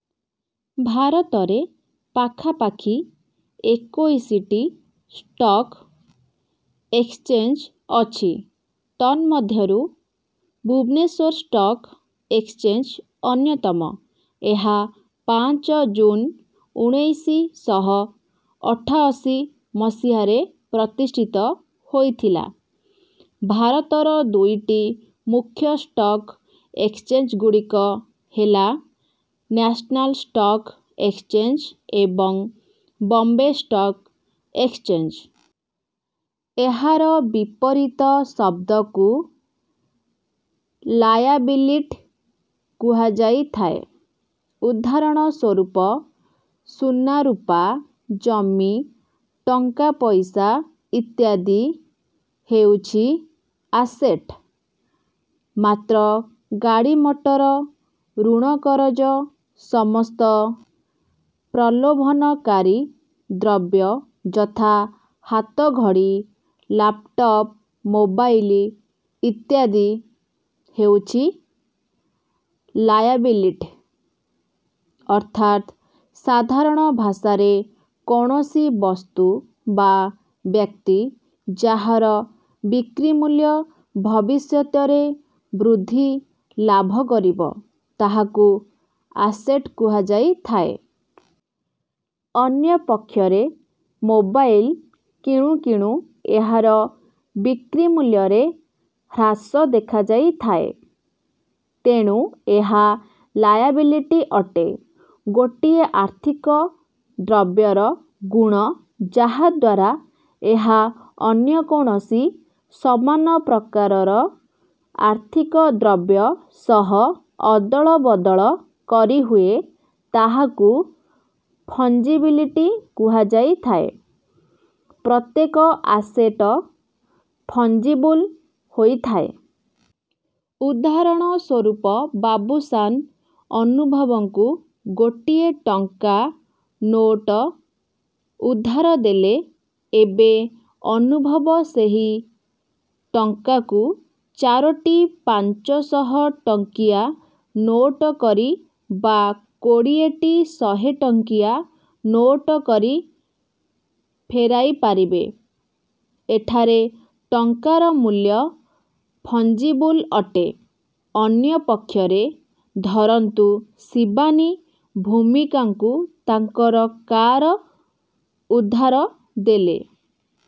ଭାରତରେ ପାଖାପାଖି ଏକୋଇଶ ଟି ଷ୍ଟକ୍ ଏକ୍ସଚେଞ୍ଜ ଅଛି। ତନ୍ମଧ୍ୟରୁ ଭୁବନେଶ୍ୱର ଷ୍ଟକ୍ ଏକ୍ସଚେଞ୍ଜ ଅନ୍ୟତମ। ଏହା ପାଞ୍ଚ ଜୁନ୍ ଉଣେଇଶି ଶହ ଅଠାଅଶୀ ମସିହା ରେ ପ୍ରତିଷ୍ଠିତ ହୋଇଥିଲା। ଭାରତର ଦୁଇଟି ମୁଖ୍ୟ ଷ୍ଟକ୍ ଏକ୍ସଚେଞ୍ଜଗୁଡ଼ିକ ହେଲା ନ୍ୟାସନାଲ ଷ୍ଟକ୍ ଏକ୍ସଚେଞ୍ଜ ଓ ବମ୍ବେ ଷ୍ଟକ୍ ଏକ୍ସଚେଞ୍ଜ। ଏହାର ବିପରୀତ ଶବ୍ଦକୁ ଲାୟାବିଲିଟ କୁହାଯାଇଥାଏ। ଉଦାହରଣ ସ୍ୱରୂପ ସୁନାରୂପା, ଜମି, ଟଙ୍କାପଇସା ଇତ୍ୟାଦି ହେଉଛି ଆସେଟ। ମାତ୍ର ଗାଡ଼ିମଟର, ଋଣ କରଜ, ସମସ୍ତ ପ୍ରଲୋଭନକାରୀ ଦ୍ରବ୍ୟ ଯଥା ହାତଘଡ଼ି, ଲାପଟପ, ମୋବାଇଲ ଇତ୍ୟାଦି ହେଉଛି ଲାୟାବିଲିଟ। ଅର୍ଥାତ ସାଧାରଣ ଭାଷାରେ କୌଣସି ବସ୍ତୁ ବା ବ୍ୟକ୍ତି, ଯାହାର ବିକ୍ରିମୂଲ୍ୟ ଭବିଷ୍ୟତରେ ବୃଦ୍ଧି ଲାଭ କରିବ, ତାହାକୁ ଆସେଟ କୁହାଯାଇଥାଏ। ଅନ୍ୟପକ୍ଷରେ ମୋବାଇଲ କିଣୁ କିଣୁ ଏହାର ବିକ୍ରିମୂଲ୍ୟରେ ହ୍ରାସ ଦେଖାଯାଇଥାଏ, ତେଣୁ ଏହା ଲାୟାବିଲିଟି ଅଟେ। ଗୋଟିଏ ଆର୍ଥିକ ଦ୍ରବ୍ୟର ଗୁଣ, ଯାହାଦ୍ୱାରା ଏହା ଅନ୍ୟ କୌଣସି ସମାନ ପ୍ରକାରର ଆର୍ଥିକ ଦ୍ରବ୍ୟ ସହ ଅଦଳବଦଳ କରିହୁଏ, ତାହାକୁ ଫଞ୍ଜିବିଲିଟି କୁହାଯାଇଥାଏ। ପ୍ରତ୍ୟେକ ଆସେଟ ଫଞ୍ଜିବୁଲ ହୋଇଥାଏ। ଉଦାହରଣ ସ୍ୱରୂପ ବାବୁଶାନ, ଅନୁଭବଙ୍କୁ ଗୋଟିଏ ଟଙ୍କା ନୋଟ ଉଧାର ଦେଲେ। ଏବେ ଅନୁଭବ ସେହି ଟଙ୍କାକୁ ଚାରୋଟି ପାଞ୍ଚ ଶହ ଟଙ୍କିଆ ନୋଟ କରି ବା କୋଡ଼ିଏ ଟି ଶହେ ଟଙ୍କିଆ ନୋଟ କରି ଫେରାଇପାରିବେ। ଏଠାରେ ଟଙ୍କାର ମୂଲ୍ୟ ଫଞ୍ଜିବୁଲ ଅଟେ। ଅନ୍ୟପକ୍ଷରେ ଧରନ୍ତୁ ଶିବାନୀ, ଭୂମିଙ୍କୁ ତାଙ୍କର କାର ଉଧାର ଦେଲେ।